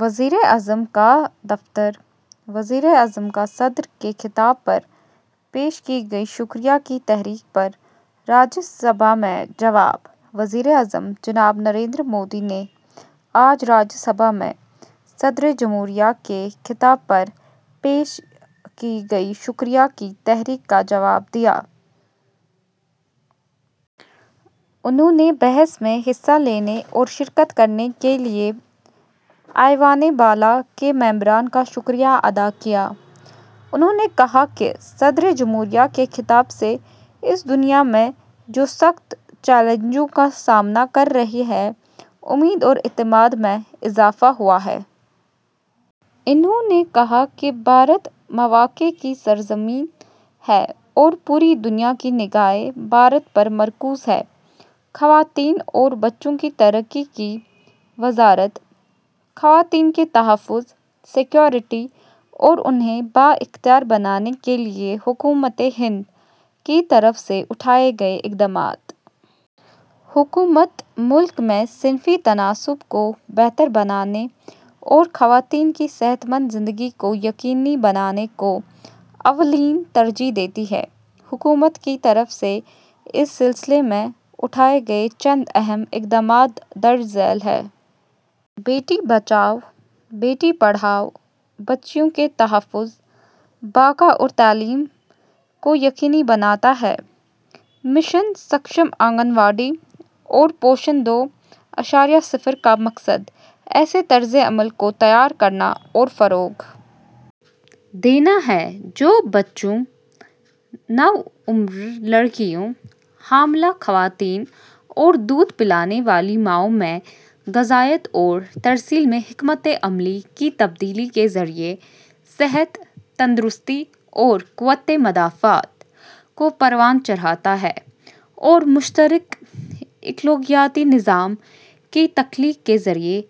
وزیر اعظم کا دفتر: وزیر اعظم کا صدر کے خطاب پر پیش کی گئی شکریہ کی تحریک پر راجیہ سبھا میں جواب۔ وزیر اعظم جناب نریندر مودی نے آج راجیہ سبھا میں صدر جمہوریہ کے خطاب پر پیش کی گئی شکریہ کی تحریک کا جواب دیا۔ انہوں نے بحث میں حصہ لینے اور شرکت کرنے کے لیے ایوان بالا کے ممبران کا شکریہ ادا کیا۔ انہوں نے کہا کہ صدر جمہوریہ کے خطاب سے اس دنیا میں، جو سخت چیلنجوں کا سامنا کر رہی ہے، امید اور اعتماد میں اضافہ ہوا ہے۔ انہوں نے کہا کہ بھارت مواقع کی سرزمین ہے اور پوری دنیا کی نگاہیں بھارت پر مرکوز ہیں۔ خواتین اور بچوں کی ترقی کی وزارت: خواتین کے تحفظ، سکیورٹی اور انہیں بااختیار بنانے کے لیے حکومت ہند کی طرف سے اٹھائے گئے اقدامات۔ حکومت ملک میں صنفی تناسب کو بہتر بنانے اور خواتین کی صحت مند زندگی کو یقینی بنانے کو اولین ترجیح دیتی ہے۔ حکومت کی طرف سے اس سلسلے میں اٹھائے گئے چند اہم اقدامات درج ذیل ہیں۔ بیٹی بچاؤ، بیٹی پڑھاؤ بچیوں کے تحفظ، بقا اور تعلیم کو یقینی بناتا ہے۔ مشن سکشم آنگن واڑی اور پوشن دو اعشاریہ صفر کا مقصد ایسے طرز عمل کو تیار کرنا اور فروغ دینا ہے جو بچوں، نوعمر لڑکیوں، حاملہ خواتین اور دودھ پلانے والی ماؤں میں غذائیت اور ترسیل میں حکمت عملی کی تبدیلی کے ذریعے صحت، تندرستی اور قوت مدافعت کو پروان چڑھاتے ہیں اور مشترک ماحولیاتی نظام کی تخلیق کے ذریعے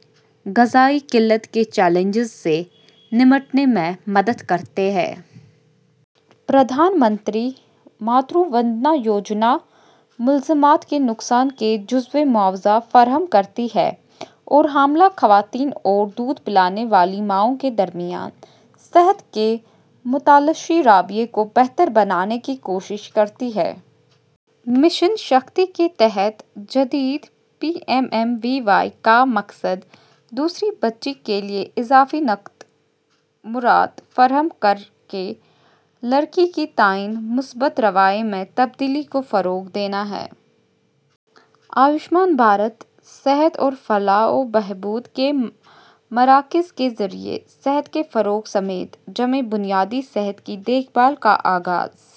غذائی قلت کے چیلنجوں سے نمٹنے میں مدد کرتے ہیں۔ پردھان منتری ماترو وندنا یوجنا ملازمت کے نقصان کا جزوی معاوضہ فراہم کرتی ہے اور حاملہ خواتین اور دودھ پلانے والی ماؤں کے درمیان صحت کے متلاشی رویے کو بہتر بنانے کی کوشش کرتی ہے۔ مشن شکتی کے تحت جدید P M M V Y کا مقصد دوسری بچی کے لیے اضافی نقد مراعات فراہم کر کے لڑکی کے تئیں مثبت رویے میں تبدیلی کو فروغ دینا ہے۔ آیوشمان بھارت صحت اور فلاح و بہبود کے مراکز کے ذریعے صحت کے فروغ سمیت جامع بنیادی صحت کی دیکھ بھال کا آغاز۔